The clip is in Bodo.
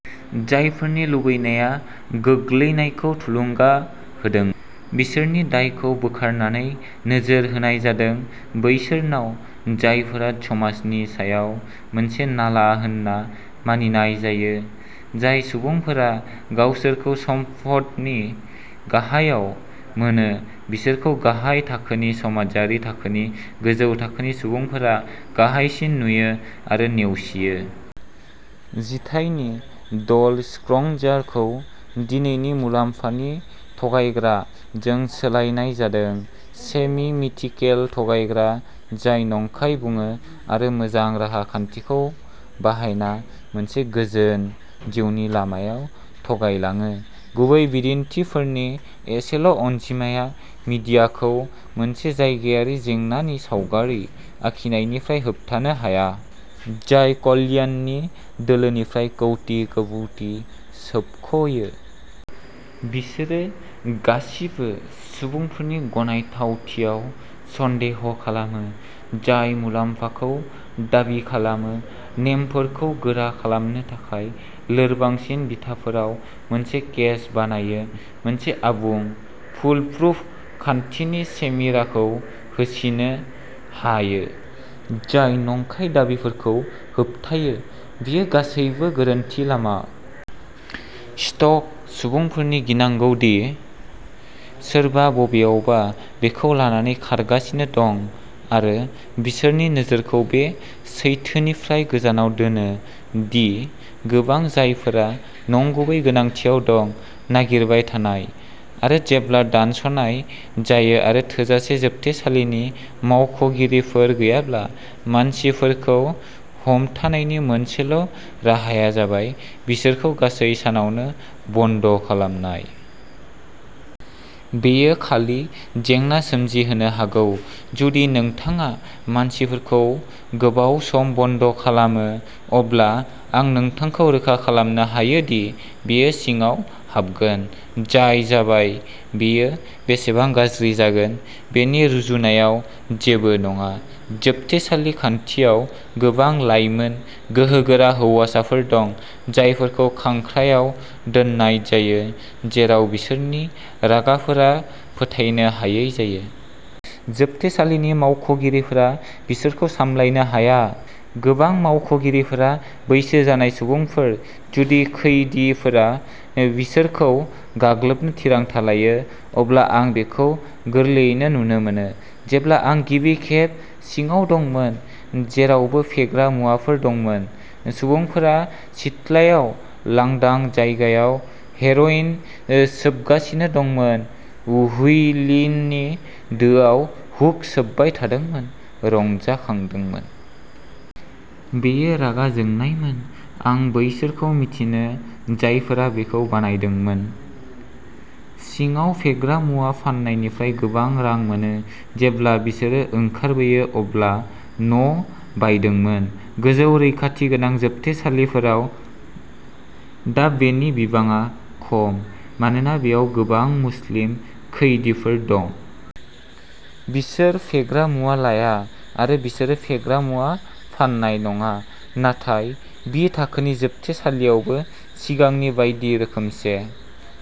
जायफोरनि लुबैनाया गोग्लैनायखौ थुलुंगा होदोंमोन, बिसोरनि दायखौ बोखारनानै, नोजोर होनाय जादों बैसोरनाव जायफोरा समाजनि सायाव मोनसे नाला होनना मानिनाय जायो। जाय सुबुंफोरा गावसोरखौ सम्फदनि गाहायाव मोनो, बिसोरखौ गाहाय थाखोनि समाजारि थाखोनि गोजौ थाखोनि सुबुंफोरा गाहायसिन नुयो आरो नेवसियो। जिथाइनि "ड'ल स्क्रंजार" खौ दिनैनि "मुलाम्फानि थगायग्रा" जों सोलायनाय जादोंः सेमि-मिथिकेल थगायग्रा जाय नंखाय बुङो आरो मोजां राहा खान्थिखौ बाहायना मोनसे गोजोन जिउनि लामायाव थगायलाङो। गुबै बिदिन्थिफोरनि एसेल'अनजिमाया मिडियाखौ मोनसे जायगायारि जेंनानि सावगारि आखिनायनिफ्राय होबथानो हाया, जाय कल्याणनि दोनिफ्राय कौटि कौटि सोबख'यो। बिसोरो गासिबो सुबुंफोरनि गनायथावथियाव सन्देह खालामो, जाय मुलाम्फाखौ दाबि खालामो, नेमफोरखौ गोरा खालामनो थाखाय लोरबांसिन बिथाफोराव मोनसे केस बानायो, मोनसे आबुं, फुलप्रुफ खान्थिनि चिमेराखौ होसिनो हायो जाय नंखाय दाबिफोरखौ होबथायो। बेयो गासैबो गोरोन्थि लामा। स्ट'क सुबुंफोरनि गिनांगौ दि सोरबा बबेयावबा बेखौ लानानै खारगासिनो दं, आरो बिसोरनि नोजोरखौ बे सैथोनिफ्राय गोजानाव दोनो दि गोबां जायफोरा नंगुबै गोनांथिआव दं। नागिरबाय थानाय। आरो जेब्ला दानस'नाय जायो, आरो थोजासे जोबथेसालिनि मावख'गिरिफोर गैयाब्ला, मानसिफोरखौ हमथानायनि मोनसेल'राहाया जाबाय बिसोरखौ गासै सानावनो बन्द'खालामनाय। बेयो खालि जेंना सोमजिहोनो हागौ। जुदि नोंथाङा मानसिफोरखौ गोबाव सम बन्द'खालामो, अब्ला आं नोंथांखौ रोखा खालामनो हायो दि बेयो सिङाव हाबगोन। जाय जाबाय बेयो बेसेबां गाज्रि जागोन बेनि रुजुनायाव जेबो नङा। जोबथेसालि खान्थियाव गोबां लाइमोन, गोहोगोरा हौवाफोर दं, जायफोरखौ खांख्रायाव दोननाय जायो जेराव बिसोरनि रागाफोरा फोथायनो हायै जायो। जोबथेसालिनि मावख'गिरिफोरा बिसोरखौ सामलायनो हाया। गोबां मावख'गिरिफोरा बैसो जानाय सुबुंफोर-जुदि खैदिफोरा बिसोरखौ गाग्लोबनो थिरांथा लायो, अब्ला आं बेखौ गोरलैयै नुनो मोनो। जेब्ला आं गिबि खेब सिङाव दंमोन, जेरावबो फेग्रा मुवाफोर दंमोन। सुबुंफोरा सिथ्लायाव लांदां जायगायाव हेर'इन सोबगासिनो दंमोन, हुइलिननि दोआव हुख सोबाय थादोंमोन, रंजाखांदोंमोन। बेयो रागा जोंनायमोन। आं बैसोरखौ मिथियो जायफोरा बेखौ बानायदोंमोन। सिङाव फेग्रा मुवा फाननायनिफ्राय गोबां रां मोनो, जेब्ला बिसोर ओंखारबोयो अब्ला न'बायदोंमोन। गोजौ रैखाथि गोनां जोबथेसालिफोराव दा बेनि बिबाङा खम, मानोना बेयाव गोबां मुस्लिम खैदीफोर दं। बिसोर फेग्रा मुवा लाया आरो बिसोरो फेग्रा मुवा फाननाय नङा। नाथाय बि थाखोनि जोबथेसालियावबो सिगांनि बायदि रोखोमसे।